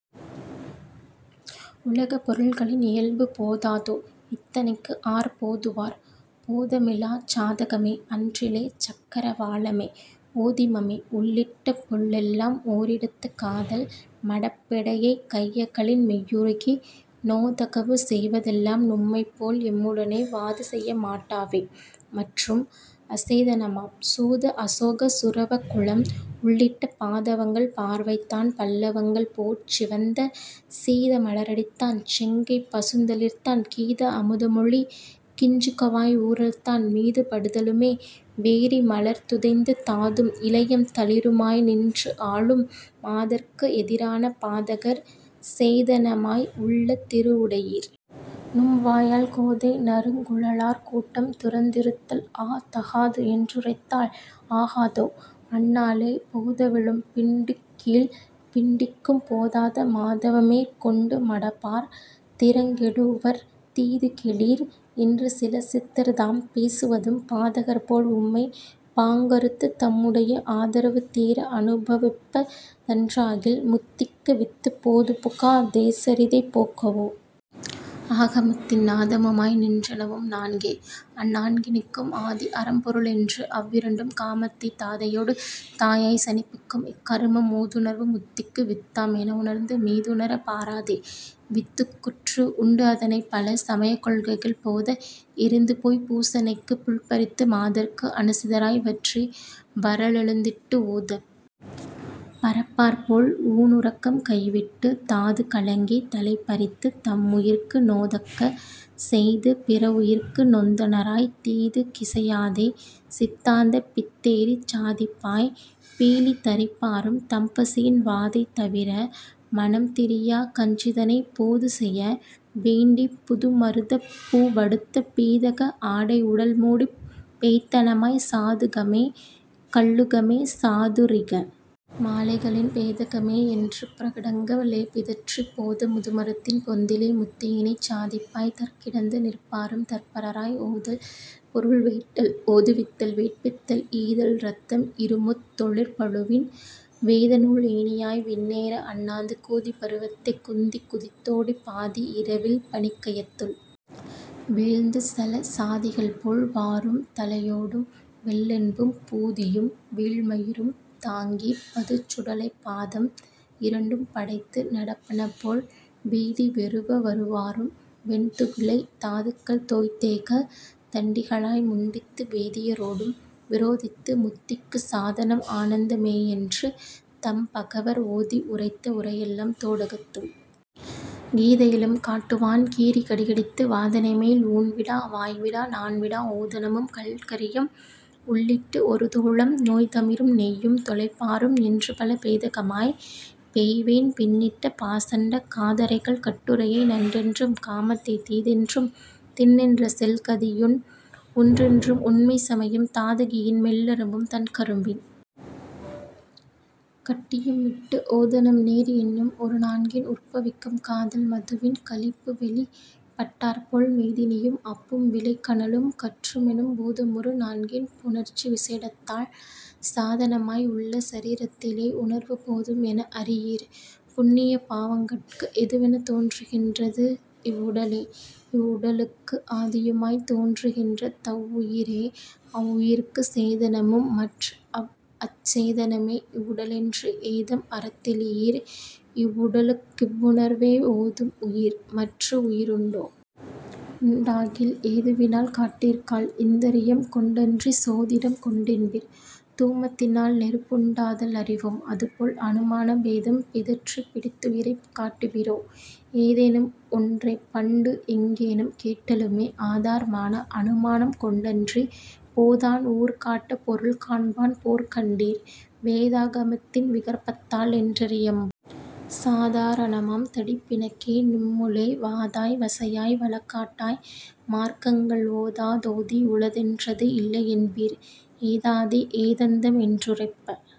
உலகப் பொருள்களின் இயல்பு போதாதோ? இத்தனைக்குஆர் போதுவார்? போதமிலாச் சாதகமே அன்றிலே சக்கர வாளமே ஓதிமமே உள்ளிட்ட புள்ளெல்லாம் ஒரிடத்துக் காதல் மடப்பெடையைக் கையகலின் மெய்யுருகி நோதகவு செய்வதெல்லாம் நும்மைப்போல் எம்முடனே வாதுசெய மாட்டாவே; மற்றும் அசேதனமாம் சூத அசோக சுரவகுளம் உள்ளிட்ட பாதவங்கள் பார்வைதான் பல்லவங்கள் போற்சிவந்த சீத மலரடிதான் செங்கைப் பசுந்தளிர்தான் கீத அமுதமொழிக் கிஞ்சுகவாய் ஊறல்தான் மீது படுதலுமே வேரி மலர்துதைந்து தாதும் இலையம் தளிருமாய் நின்று ஆலும்;- மாதர்க்கு எதிரான பாதகர் சேதனமாய் உள்ள திருவுடையீர்! நும்வாயால் கோதை நறுங்குழலார் கூட்டம் துறந்திருத்தல் ஆ! தகாது என்றுரைத்தால் ஆகாதோ? அந்நாளே போதவிழும் பிண்டிக்கீழ்ப் பிண்டிக்கும் போதாத மாதவமேற் கொண்டு மடபார் திறங்கெடுவர் தீதுகெடீர் என்றுசில சித்தர்தாம் பேசுவதும் பாதகர் போல்உம்மைப் பாங்கறுத்துத் தம்முடைய ஆதரவு தீர அனுபவிப்ப தன்றாகில் முத்திக்கு வித்து போதுபுகா தேசரிதை போக்கவோ? ஆகமத்தின் நாதமுமாய் நின்றனவும் நான்கே; அந் நான்கினுக்கும் ஆதி அறம்பொருளென்று அவ்விரண்டும் காமத்தைத் தாதையொடு தாயாய்ச் சனிப்பிக்கும்; இக்கருமம் மூதுணர்வு முத்திக்கு வித்தாம் எனவுணர்ந்து மீதுணரப் பாராதே வித்துக்குற்று உண்டுஅதனைப் பல சமயக் கொள்கைகள் போத எறிந்துபோய்ப் பூசனைக்குப் புல்பறித்து மாதர்க்கு அனுசிதராய் வற்றி வறளெழுந்திட்டு ஊதப் பறப்பார்போல் ஊணுறக்கம் கைவிட்டுத் தாது கலங்கித் தலைபறித்துத் தம்முயிர்க்கு நோதக்க செய்து பிறவுயிர்க்கு நொந்தனராய்த் தீதுக் கிசையாதே சித்தாந்தப் பித்தேறிச் சாதிப்பாய்ப் பீலி தரிப்பாரும், தம்பசியின் வாதை தவிர மனம்திரியாக் கஞ்சிதனைப் போதுசெய வேண்டிப் புதுமருதப் பூவடுத்த பீதக ஆடைஉடல்மூடிப் பேய்த்தனமாய்ச் சாதுகமே கல்லுகமே சாதுரிக மாலைகளின் பேதகமே என்று பிரகடங்க ளேபிதற்றிப் போத முதுமரத்தின் பொந்திலே முத்தியினைச் சாதிப்பாய்த் தற்கிடந்து நிற்பாரும், தற்பரராய் ஓதல் பொருள்வேட்டல் ஓதுவித்தல் வேட்பித்தல் ஈதல் இரத்தம் இருமுத் தொழிற்பழுவின் வேதநூல் ஏணியாய் விண்ணேற அண்ணாந்து கூதிப் பருவத்தே குந்திக் குதித் தோடிப் பாதி இரவில் பனிக்கயத்துள் வீழ்ந்துசல சாதிகள்போல் வாரும், தலையோடும் வெள்ளென்பும் பூதியும் வீழ்மயிரும் தாங்கிப் பதுச்சுடலை பாதம் இரண்டும் படைத்து நடப்பனபோல் வீதி வெருவ வருவாரும், வெண்துகிலைத் தாதுக்கல் தோய்த்தேக தண்டிகளாய் முண்டித்து வேதிய ரோடும் விரோதித்து முத்திக்குச் சாதனம் ஆனந்த மேயென்று தம்பகவர் ஓதி உரைத்த உரையெல்லாம் தோடகத்தும் கீதையிலும் காட்டுவான் கீரிக் கடிகடித்து வாதனைமேல் ஊண்விடா வாய்விடா நாண்விடா ஓதனமும் பல்கறியம் உள்ளிட்டு ஒருதோழம் தோய்தமிரும் நெய்யும் தொலைப்பாரும், என்றுபல பேதகமாய் பெய்வேன் பின்னிட்ட பாசண்டக் காதறைகள் கட்டுரையை நன்றென்றும், காமத்தைத் தீதென்றும், திண்ணென்ற செல்கதியொன் றுண்டென்றும், உண்மைச் சமயம் தாதகியின் மெல்லரும்பும் தண்கரும்பின் கட்டியுமிட்டு ஓதனம்நீர் என்னும் ஒரு நான்கின் உற்பவிக்கும் காதல் மதுவின் களிப்புவெளிப் பட்டாற்போல் மேதினியும் அப்பும் விளைகனலும் கற்றுமெனும் பூதமொரு நான்கின் புணர்ச்சி விசேடத்தால் சாதனமாய் உள்ள சரீரத்திலேஉணர்வு போதும் எனஅறியீர்; புண்ணிய பாவங்கட்கு எதுவெனத் தோன்றுகின்றது இவ்வுடலே; இவ்வுடலுக்கு ஆதியுமாய்த் தோன்றுகின்ற தவ்வுயிரே; அவ்வுயிர்க்குச் சேதனமும், மற்றுஅவ் அசேதனமே இவ்வுடலென்று ஏதம் அறத்தெளியீர்; இவ்வுடலுக் கிவ்வுணர்வே ஓதும் உயிர்; மற்று உயிருண்டோ? உண்டாகில் ஏதுவினால் காட்டீர்காள்! இந்திரியம் கொண்டன்றிச் சோதிடம் கொண்டென்பீர்; தூமத் தினால்நெருப்புண் டாதல் அறிவோம், அதுபோல் அனுமானப் பேதம் பிதற்றிப் பிடித்துயிரைக் காட்டுவிரோ? ஏதேனும் ஒன்றைப்பண்டு எங்கேனும் கேட்டலுமே ஆதார் மான அனுமானம் கொண்டன்றிப் போதான்ஊர் காட்டப் பொருள்காண்பான் போற்கண்டீர்; வேதா கமத்தின் விகற்பத்தால் என்றியம் சாதா ரணமாம் தடிப்பிணக்கே; நும்முளே வாதாய் வசையாய் வழக்காட்டாய் மார்க்கங்கள் ஓதாத் தோதி உளதென்றது இல்லையென்பீர்; ஏதாதி ஏதந்தம் என்றுரைப்ப